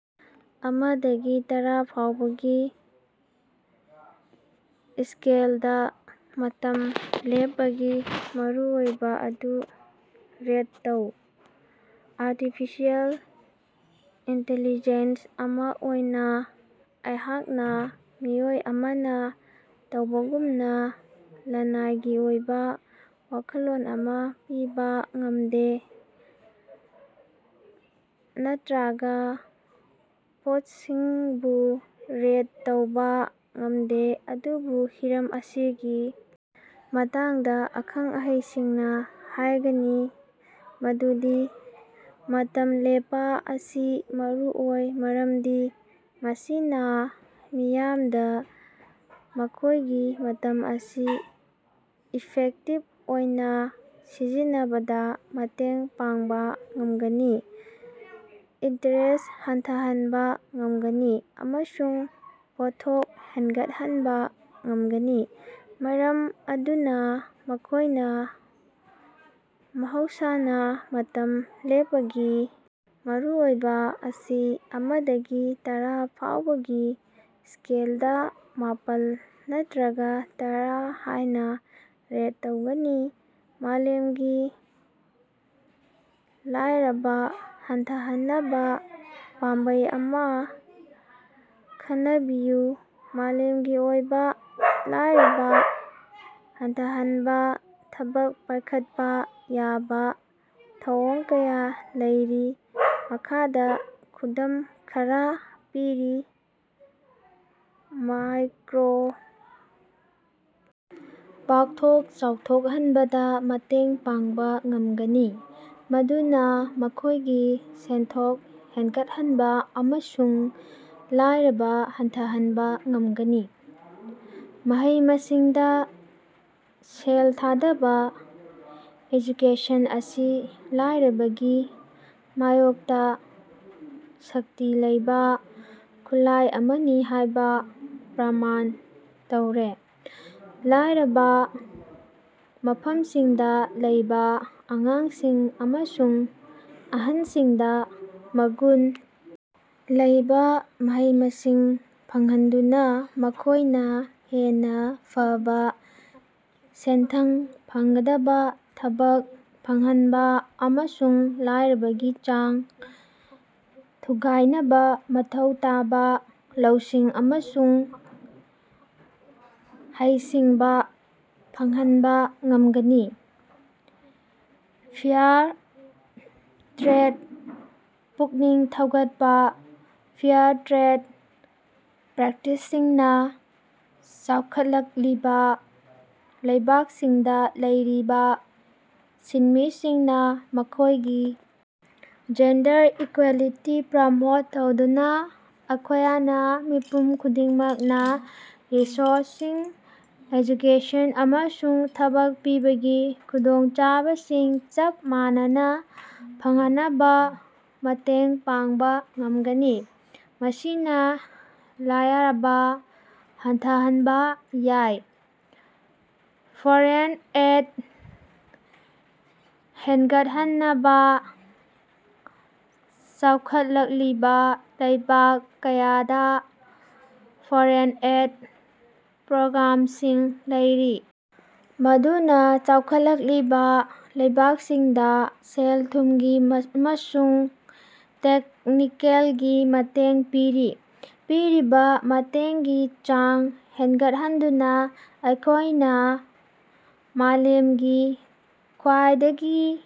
ꯑꯃ ꯗꯒꯤ ꯇꯔꯥ ꯐꯥꯎꯕꯒꯤ ꯏꯁꯀꯦꯜꯗꯥ, ꯃꯇꯝ ꯂꯦꯞꯄꯒꯤ ꯃꯔꯨꯑꯣꯏꯕ ꯑꯗꯨ ꯔꯦꯠ ꯇꯧ꯫ ꯑꯥꯔꯇꯤꯐꯤꯁꯤꯑꯦꯜ ꯏꯟꯇꯦꯜꯂꯤꯖꯦꯟꯁ ꯑꯃ ꯑꯣꯏꯅꯥ ꯑꯩꯍꯥꯛꯅꯥ ꯃꯤꯑꯣꯏ ꯑꯃꯅ ꯇꯧꯕꯒꯨꯝꯅꯥ ꯂꯅꯥꯏꯒꯤ ꯑꯣꯏꯕꯥ ꯋꯥꯈꯜꯂꯣꯟ ꯑꯃ ꯄꯤꯕꯥ ꯉꯝꯗꯦ ꯅꯠꯇ꯭ꯔꯥꯒ ꯄꯣꯠꯁꯤꯡꯕꯨ ꯔꯦꯠ ꯇꯧꯕꯥ ꯉꯝꯗꯦ ꯑꯗꯨꯕꯨ ꯍꯤꯔꯝ ꯑꯁꯤꯒꯤ ꯃꯇꯥꯡꯗ ꯑꯈꯪ-ꯑꯍꯩꯁꯤꯡꯅꯥ ꯍꯥꯏꯒꯅꯤ ꯃꯗꯨꯗꯤ ꯃꯇꯝ ꯂꯦꯞꯄꯥ ꯑꯁꯤ ꯃꯔꯨꯑꯣꯏ ꯃꯔꯝꯗꯤ ꯃꯁꯤꯅꯥ ꯃꯤꯌꯥꯝꯗ ꯃꯈꯣꯏꯒꯤ ꯃꯇꯝ ꯑꯁꯤ ꯏꯐꯦꯛꯇꯤꯕ ꯑꯣꯏꯅꯥ ꯁꯤꯖꯤꯟꯅꯕꯗꯥ ꯃꯇꯦꯡ ꯄꯥꯡꯕꯥ ꯉꯝꯒꯅꯤ, ꯏꯟꯇꯔꯦꯁ ꯍꯟꯊꯍꯟꯕ ꯉꯝꯒꯅꯤ ꯑꯃꯁꯨꯡ ꯄꯣꯠꯊꯣꯛ ꯍꯦꯟꯒꯠꯍꯟꯕꯥ ꯉꯝꯒꯅꯤ꯫ ꯃꯔꯝ ꯑꯗꯨꯅꯥ ꯃꯈꯣꯏꯅ ꯃꯍꯧꯁꯅꯥ ꯃꯇꯝ ꯂꯦꯞꯄꯒꯤ ꯃꯔꯨꯑꯣꯏꯕꯥ ꯑꯁꯤ ꯑꯃꯗꯒꯤ ꯇꯔꯥ ꯐꯥꯎꯕꯒꯤ ꯏꯁꯀꯦꯜꯗꯥ ꯃꯥꯄꯜ ꯅꯠꯇ꯭ꯔꯒ ꯇꯔꯥ ꯍꯥꯏꯅꯥ ꯔꯦꯠ ꯇꯧꯒꯅꯤ꯫ ꯃꯥꯂꯦꯝꯒꯤ ꯂꯥꯏꯔꯕꯥ ꯍꯟꯊꯍꯟꯅꯕꯥ ꯄꯥꯝꯕꯩ ꯑꯃꯥ ꯈꯟꯅꯕꯤꯌꯨ꯫ ꯃꯥꯂꯦꯝꯒꯤ ꯑꯣꯏꯕꯥ ꯂꯥꯏꯔꯕꯥ ꯍꯟꯊꯍꯟꯅꯕꯥ ꯊꯕꯛ ꯄꯥꯏꯈꯠꯄꯥ ꯌꯥꯕꯥ ꯊꯧꯑꯣꯡ ꯀꯌꯥ ꯂꯩꯔꯤ꯫ ꯃꯈꯥꯗꯥ ꯈꯨꯗꯝ ꯈꯔꯥ ꯄꯤꯔꯤ: ꯃꯥꯏꯀ꯭ꯔꯣ ꯄꯥꯛꯊꯣꯛ-ꯆꯥꯎꯊꯣꯛꯍꯟꯕꯗꯥ ꯃꯇꯦꯡ ꯄꯥꯡꯕ ꯉꯃꯒꯅꯤ꯫ ꯃꯗꯨꯅꯥ ꯃꯈꯣꯏꯒꯤ ꯁꯦꯟꯊꯣꯛ ꯍꯦꯟꯒꯠꯍꯟꯕꯥ ꯑꯃꯁꯨꯡ ꯂꯥꯏꯔꯕ ꯍꯟꯊꯍꯟꯕ ꯉꯝꯒꯅꯤ꯫ ꯃꯍꯩ-ꯃꯁꯤꯡꯗꯥ ꯁꯦꯜ ꯊꯥꯗꯕ, ꯑꯦꯖꯨꯀꯦꯁꯟ ꯑꯁꯤ ꯂꯥꯏꯔꯕꯒꯤ ꯃꯥꯌꯣꯛꯇꯥ ꯁꯛꯇꯤ ꯂꯩꯕꯥ ꯈꯨꯠꯂꯥꯏ ꯑꯃꯅꯤ ꯍꯥꯏꯕꯥ ꯄ꯭ꯔꯃꯥꯟ ꯇꯧꯔꯦ꯫ ꯂꯥꯏꯔꯕꯥ ꯃꯐꯝꯁꯤꯡꯗꯥ ꯂꯩꯕꯥ ꯑꯉꯥꯡꯁꯤꯡ ꯑꯃꯁꯨꯡ ꯑꯍꯜꯁꯤꯡꯗꯥ ꯃꯒꯨꯟ ꯂꯩꯕꯥ ꯃꯍꯩ-ꯃꯁꯤꯡ ꯐꯪꯍꯟꯗꯨꯅꯥ ꯃꯈꯣꯏꯅ ꯍꯦꯟꯅ ꯐꯕ ꯁꯦꯟꯊꯪ ꯐꯪꯒꯗꯕ ꯊꯕꯛ ꯐꯪꯍꯟꯅꯕ ꯑꯃꯁꯨꯡ ꯂꯥꯏꯔꯕꯒꯤ ꯆꯥꯡ ꯊꯨꯒꯥꯏꯅꯕ ꯃꯊꯧ ꯇꯥꯕ ꯂꯧꯁꯤꯡ ꯑꯃꯁꯨꯡ ꯍꯩꯁꯤꯡꯕꯥ ꯐꯪꯍꯟꯕ ꯉꯝꯒꯅꯤ꯫ ꯐꯦꯌꯥꯔ ꯇ꯭ꯔꯦꯗ ꯄꯨꯛꯅꯤꯡ ꯊꯧꯒꯠꯄꯥ: ꯐꯦꯌꯔ ꯇ꯭ꯔꯦꯗ ꯄ꯭ꯔꯦꯛꯇꯤꯁꯁꯤꯡꯅꯥ ꯆꯥꯎꯈꯠꯂꯛꯂꯤꯕꯥ ꯂꯩꯕꯥꯛꯁꯤꯡꯗ ꯂꯩꯔꯤꯕꯥ ꯁꯤꯟꯃꯤꯁꯤꯡꯅ ꯃꯈꯣꯏꯒꯤ ꯖꯦꯟꯗꯔ ꯏꯀ꯭ꯋꯦꯂꯤꯇꯤ ꯄ꯭ꯔꯃꯣꯠ ꯇꯧꯗꯨꯅꯥ ꯑꯩꯈꯣꯌꯅ ꯃꯤꯄꯨꯝ ꯈꯨꯗꯤꯡꯃꯛꯅꯥ ꯔꯤꯁꯣꯔꯁꯁꯤꯡ, ꯑꯦꯖꯨꯀꯦꯁꯟ, ꯑꯃꯁꯨꯡ ꯊꯕꯛ ꯄꯤꯕꯒꯤ ꯈꯨꯗꯣꯡꯆꯥꯕꯁꯤꯡ ꯆꯞ ꯃꯥꯟꯅꯅ ꯐꯪꯍꯅꯕꯗ ꯃꯇꯦꯡ ꯄꯥꯡꯕ ꯉꯝꯒꯅꯤ꯫ ꯃꯁꯤꯅ ꯂꯥꯌꯔꯕ ꯍꯟꯊꯍꯟꯕꯥ ꯌꯥꯏ꯫ ꯐꯣꯔꯦꯟ ꯑꯦꯗ ꯍꯦꯟꯒꯠꯍꯟꯕꯥ: ꯆꯥꯎꯈꯠꯂꯛꯂꯤꯕꯥ ꯂꯩꯕꯥꯛ ꯀꯌꯥꯗꯥ ꯐꯣꯔꯦꯟ ꯑꯦꯗ ꯄ꯭ꯔꯣꯒ꯭ꯔꯥꯝꯁꯤꯡ ꯂꯩꯔꯤ ꯃꯗꯨꯅꯥ ꯆꯥꯎꯈꯠꯂꯛꯂꯤꯕꯥ ꯂꯩꯕꯥꯛꯁꯤꯡꯗꯥ ꯁꯦꯜ-ꯊꯨꯝꯒꯤ ꯑꯃꯁꯨꯡ ꯇꯦꯛꯅꯤꯀꯦꯜꯒꯤ ꯃꯇꯦꯡ ꯄꯤꯔꯤ꯫ ꯄꯤꯔꯤꯕꯥ ꯃꯇꯦꯡꯒꯤ ꯆꯥꯡ ꯍꯦꯟꯒꯠꯍꯟꯗꯨꯅꯥ ꯑꯩꯈꯣꯏꯅꯥ ꯃꯥꯂꯦꯝꯒꯤ ꯈ꯭ꯋꯥꯏꯗꯒꯤ